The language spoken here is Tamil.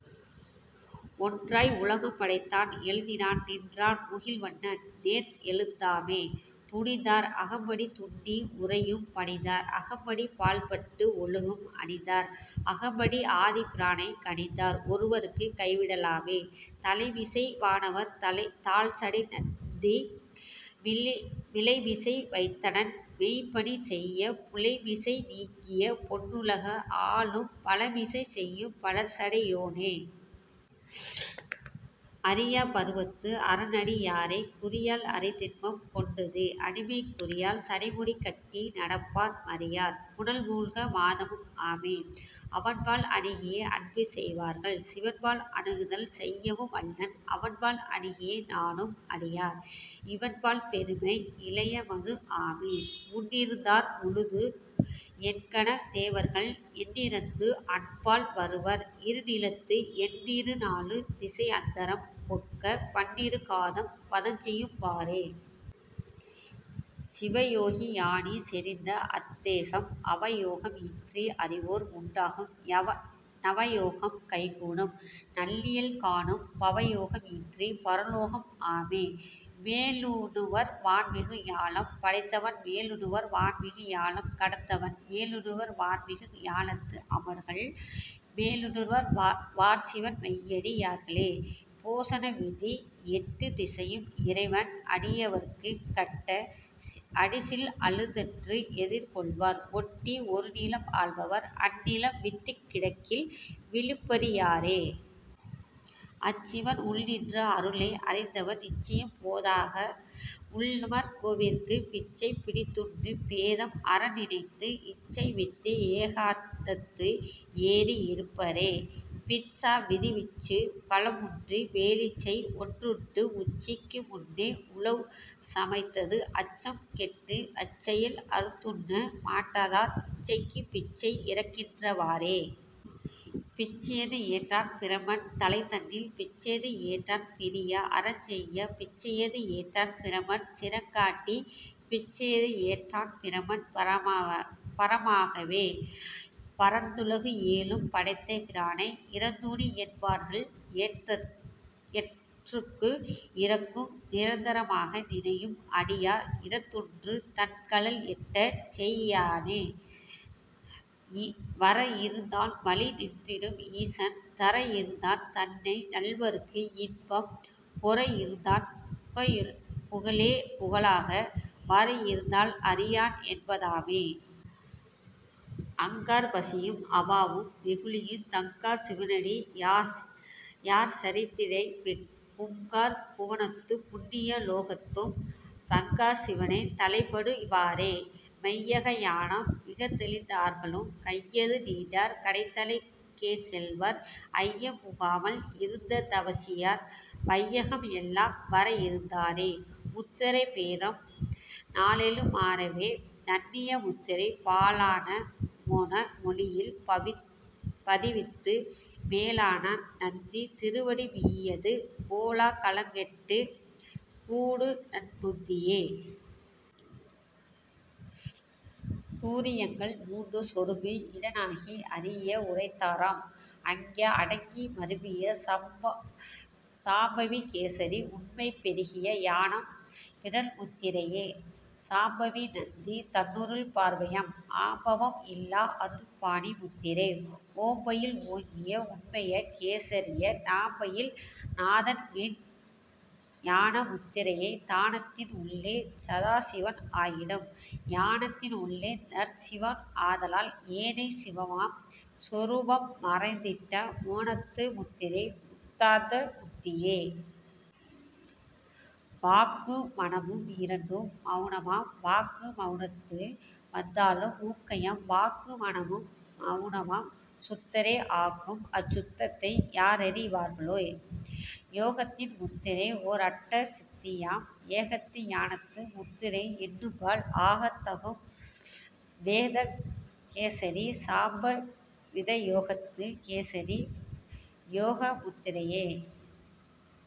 ஒன்றாய் உலகம் படைத்தான் எழுதினான் நின்றான் முகில்வண்ணன் நேர்எழுத் தாமே. துணிந்தார் அகம்படி துன்னி உறையும் பணிந்தார் அகம்படி பால்பட்டு ஒழுகும் அணிந்தார் அகம்படி ஆதிப் பிரானைக் கணிந்தார் ஒருவர்க்கு கைவிடலாமே. தலைமிசை வானவர் தாழ்சடை நந்தி மிலைமிசை வைத்தனன் மெய்ப்பணி செய்யப் புலைமிசை நீங்கிய பொன்னுலகு ஆளும் பலமிசை செய்யும் படர்சடை யோனே. அறியாப் பருவத்து அரன்அடி யாரைக் குறியால் அறிந்தின்பம் கொண்டது அடிமை குறியார் சடைமுடி கட்டி நடப்பார் மறியார் புனல்மூழ்க மாதவம் ஆமே. அவன்பால் அணுகியே அன்புசெய் வார்கள் சிவன்பால் அணுகுதல் செய்யவும் வல்லன் அவன்பால் அணுகியே நாடும் அடியார் இவன்பால் பெருமை இலயமது ஆமே. முன்னிருந் தார்முழுது எண்கணத் தேவர்கள் எண்ணிறந்து அன்பால் வருவர் இருநிலத்து எண்இரு நாலு திசைஅந் தரம் ஒக்கப் பன்னிரு காதம் பதஞ்செய்யும் பாரே. சிவயோகி ஞானி செறிந்தஅத் தேசம் அவயோகம் இன்றி அறிவோர் உண்டாகும் நவயோகம் கைகூடும் நல்லியல் காணும் பவயோகம் இன்றிப் பரலோகம் ஆமே. மேலுணர் வான்மிகு ஞாலம் படைத்தவன் மேலுணர் வான்மிகு ஞாலம் கடந்தவன் மேலுணர் வார்மிகு ஞாலத்து அமரர்கள் மேலுணுர் வார்சிவன் மெய்யடி யார்களே.. போசன விதி எட்டுத் திசையும் இறைவன் அடியவர்க்கு கட்ட அடிசில் அழுதென்று எதிர்கொள்வர் ஒட்டி ஒருநிலம் ஆள்பவர் அந்நிலம் விட்டுக் கிடக்கில் விருப்பறி யாரே. அச்சிவன் உள்நின்ற அருளை அறிந்தவர் உச்சியம் போதாக உள்ளமர் கோவிற்குப் பிச்சை பிடித்துண்டு பேதம் அறநினைந்து இச்சைவிட்டு ஏகாந்தத்து ஏறி இருப்பரே.. பிட்சா விதி விச்சுக் கலம் உண்டு வேலிச்செய் ஒன்றுண்டு உச்சிக்கு முன்னே உழவு சமைந்தது அச்சம்கெட்டு அச்செயல் அறுத்துண்ண மாட்டாதார் இச்சைக்குப் பிச்சை இரக்கின்ற வாறே. பிச்சையது ஏற்றான் பிரமன் தலைதன்னில் பிச்சையது ஏற்றான் பிரியா அறஞ்செய்யப் பிச்சையது ஏற்றான் பிரமன் சிரங்காட்டிப் பிச்சையது ஏற்றான் பிரமன் பரமாகவே. பரந்துலகு ஏழும் படைத்த பிரானை இரந்துணி என்பர்கள் எற்றுக்கு இரக்கும் நிரந்தக மாக நினையும் அடியார் இரந்துண்டு தன்கழல் எட்டச்செய் தானே. வரஇருந் தான்வழி நின்றிடும் ஈசன் தரஇருந் தான்தன்னை நல்லவர்க்கு இன்பம் பொரஇருந் தான்புக லேபுக லாக வரஇருந் தால்அறி யான்என்ப தாமே. அங்கார் பசியும் அவாவும் வெகுளியும் தங்கார் சிவனடி யார்சரீரத்திடைப் பொங்கார் புவனத்தும் புண்ணிய லோகத்தும் தங்கார் சிவனைத் தலைப்படு வாரே. மெய்யக ஞானம் மிகத்தெளிந் தார்களும் கையதும் நீண்டார் கடைத்தலைக் கேசெல்வர் ஐயம் புகாமல் இருந்த தவசியார் வையகம் எல்லாம் வரஇருந்தாரே.. முத்திரை பேதம் நாலேழு மாறவே நண்ணிய முத்திரை பாலான மோன மொழியில் பதிவித்து மேலான நந்தி திருவடி மீதுய்யக் கோலா கலங்கெட்டுக் கூடுநன் முத்தியே. துரியங்கள் மூன்று சொருகுஇட னாகி அரிய உரைத்தாரம் அங்கே அடக்கி மருவிய சாம்பவி கேசரி உண்மை பெருகிய ஞானம் பிறழ்முத் திரையே. சாம்பவி நந்தி தன்னருள் பார்வையாம் ஆம்பவம் இல்லா அருட்பாணி முத்திரை ஓம்பயில் ஒங்கிய உண்மைய கேசரி நாம்பயில் நாதன்மெய்ஞ் ஞானமுத் திரையே. தானத்தின் உள்ளே சதாசிவன் ஆயிடும் ஞானத்தின் உள்ளே நற்சிவம் ஆதலால் ஏனைச் சிவமாம் சொரூபம் மறைந்திட்ட மோனத்து முத்திரை முத்தாந்த முத்தியே. வாக்கு மனமும் இரண்டும் மவுனமாம் வாக்கு மவுனத்து வந்தாலும் மூங்கையாம் வாக்கு மனமும் மவுனமாம் சுத்தரே ஆக்கும் அச் சுத்த்ததை யார்அறி வார்களே. யோகத்தின் முத்திரை ஓர்அட்ட சித்தியாம் ஏகத்த ஞானத்து முத்திரை எண்ணுங்கால் ஆகத் தகும்வேத கேசரி சாம்பவி யோகத்துக் கேசரி யோகமுத் திரையே.